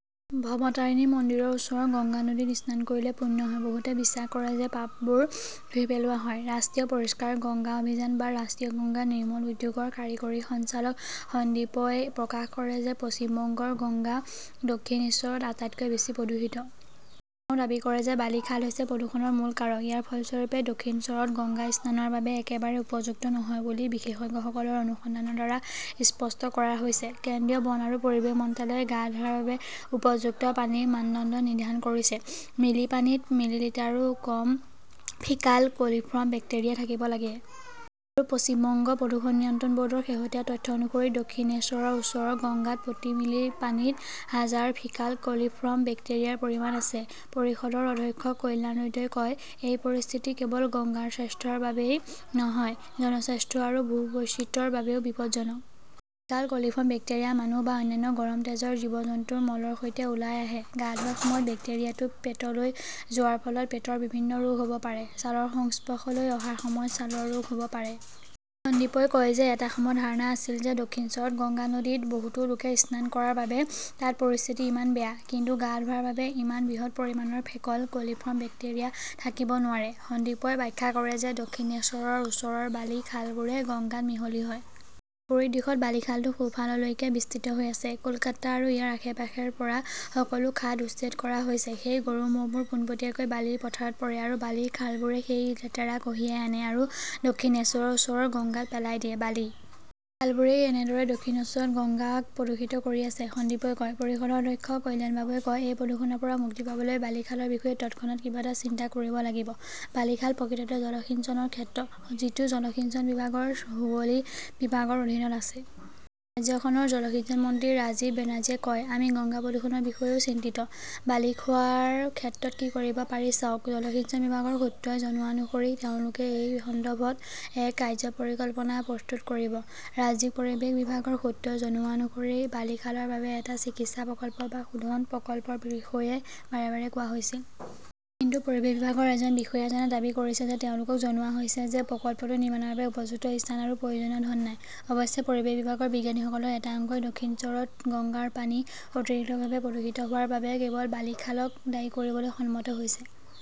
ভৱতাৰিনীৰ মন্দিৰৰ ওচৰৰ গংগা নদীত স্নান কৰিলে পুণ্য হয়, বহুতে বিশ্বাস কৰে যে পাপবোৰ ধুই পেলোৱা হয়। ৰাষ্ট্ৰীয় পৰিষ্কাৰ গংগা অভিযান বা ৰাষ্ট্ৰীয় গংগা নিৰ্মল উদ্যোগৰ কাৰিকৰী সঞ্চালক সন্দীপই প্ৰকাশ কৰে যে পশ্চিম বংগৰ গংগা দক্ষিণইশ্বৰত আটাইতকৈ বেছি প্ৰদূষিত। তেওঁ দাবী কৰে যে বালি খাল হৈছে প্ৰদূষণৰ মূল কাৰক। ইয়াৰ ফলস্বৰূপে, দক্ষিনশ্বৰত গংগা স্নানৰ বাবে একেবাৰে উপযুক্ত নহয় বুলি বিশেষজ্ঞসকলৰ অনুসন্ধানৰ দ্বাৰা স্পষ্ট কৰা হৈছে। কেন্দ্ৰীয় বন আৰু পৰিৱেশ মন্ত্ৰালয়ে গা ধোৱাৰ বাবে উপযুক্ত পানীৰ মানদণ্ড নিৰ্ধাৰণ কৰিছে, মিলি পানীত মিলিলিটাৰো কম ফিকাল কলিফৰ্ম বেক্টেৰিয়া থাকিব লাগে। আৰু পশ্চিম বংগ প্ৰদূষণ নিয়ন্ত্ৰণ বৰ্ডৰ শেহতীয়া তথ্য অনুসৰি দক্ষিণেশ্বৰৰ ওচৰৰ গংগাত প্ৰতি মিলি পানীত হাজাৰ ফিকাল কলিফৰ্ম বেক্টেৰিয়াৰ পৰিমাণ আছে। পৰিষদৰ অধ্যক্ষ কল্যাণ ৰুদ্ৰই কয়, এই পৰিস্থিতি কেৱল গংগাৰ স্বাস্থ্যৰ বাবেই নহয়, জনস্বাস্থ্য আৰু ভূ-বৈচিত্ৰ্যৰ বাবেও বিপজ্জনক। ফিকাল কলিফৰ্ম বেক্টেৰিয়া মানুহ বা অন্যান্য গৰম তেজৰ জীৱ-জন্তুৰ মলৰ সৈতে ওলাই আহে। গা ধোৱাৰ সময়ত বেক্টেৰিয়াটো পেটলৈ যোৱাৰ ফলত পেটৰ বিভিন্ন ৰোগ হব পাৰে, ছালৰ সংস্পৰ্শলৈ অহাৰ সময়ত ছালৰ ৰোগ হব পাৰে। সন্দীপই কয় যে এটা সময়ত ধাৰণা আছিল যে দক্ষিণশ্বৰত গংগা নদীত বহুতো লোকে স্নান কৰাৰ বাবে তাত পৰিস্থিতি ইমান বেয়া। কিন্তু গা ধোৱাৰ বাবে ইমান বৃহৎ পৰিমাণৰ ফেকল কলিফৰ্ম বেক্টেৰিয়া থাকিব নোৱাৰে। সন্দীপই ব্যাখ্যা কৰে যে দক্ষিণেশ্বৰৰ ওচৰৰ বালি খালবোৰে গঙ্গাত মিহলি হয়। বিপৰীত দিশত বালি খালটো সোঁফাললৈকে বিস্তৃত হৈ আছে। কলকাতা আৰু ইয়াৰ আশে-পাশেৰ পৰা সকলো খাট উচ্ছেদ কৰা হৈছে। সেই গৰু-মহবোৰ পোনপটীয়াকৈ বালিৰ পথাৰত পৰে। আৰু বালিৰ খালবোৰে সেই লেতেৰা কঢ়িয়াই আনে আৰু দক্ষিণেশ্বৰৰ ওচৰৰ গঙ্গাত পেলাই দিয়ে। বালি খালবোৰেই এনেদৰে দক্ষিণশ্বৰত গঙ্গাক প্ৰদূষিত কৰি আছে, সন্দীপই কয়। পৰিষদৰ অধ্যক্ষ কল্যাণবাবুৱে কয়, এই প্ৰদূষণৰ পৰা মুক্তি পাবলৈ বালি খালৰ বিষয়ে তৎক্ষণাত কিবা এটা চিন্তা কৰিব লাগিব। বালিখাল প্ৰকৃততে জলসিঞ্চনৰ ক্ষেত্ৰ। যিটো জলসিঞ্চন বিভাগৰ হুগলী বিভাগৰ অধীনত আছে। ৰাজ্যখনৰ জলসিঞ্চন মন্ত্ৰী ৰাজীৱ বেনাৰ্জীয়ে কয়, আমি গংগা প্ৰদূষণৰ বিষয়েও চিন্তিত। বালি খোৱাৰ ক্ষেত্ৰত কি কৰিব পাৰি চাওক, জলসিঞ্চন বিভাগৰ সূত্ৰই জনোৱা অনুসৰি তেওঁলোকে এই সন্দৰ্ভত এক 'কাৰ্য্য পৰিকল্পনা প্ৰস্তুত কৰিব। ৰাজ্যিক পৰিৱেশ বিভাগৰ সূত্ৰই জনোৱা অনুসৰি বালিখালৰ বাবে এটা চিকিৎসা প্ৰকল্প বা শোধন প্ৰকল্পৰ বিষয়ে বাৰে বাৰে কোৱা হৈছিল। কিন্তু পৰিৱেশ বিভাগৰ এজন বিষয়াজনে দাবী কৰিছে যে তেওঁলোকক জনোৱা হৈছে যে প্ৰকল্পটো নিৰ্মাণৰ বাবে উপযুক্ত স্থান আৰু প্ৰয়োজনীয় ধন নাই। অৱশ্যে, পৰিৱেশ বিভাগৰ বিজ্ঞানীসকলৰ এটা অংশই দক্ষিণশ্বৰত গংগাৰ পানী অতিৰিক্তভাৱে প্ৰদূষিত হোৱাৰ বাবে কেৱল বালি খালক দায়ী কৰিবলৈ সন্মত হৈছে।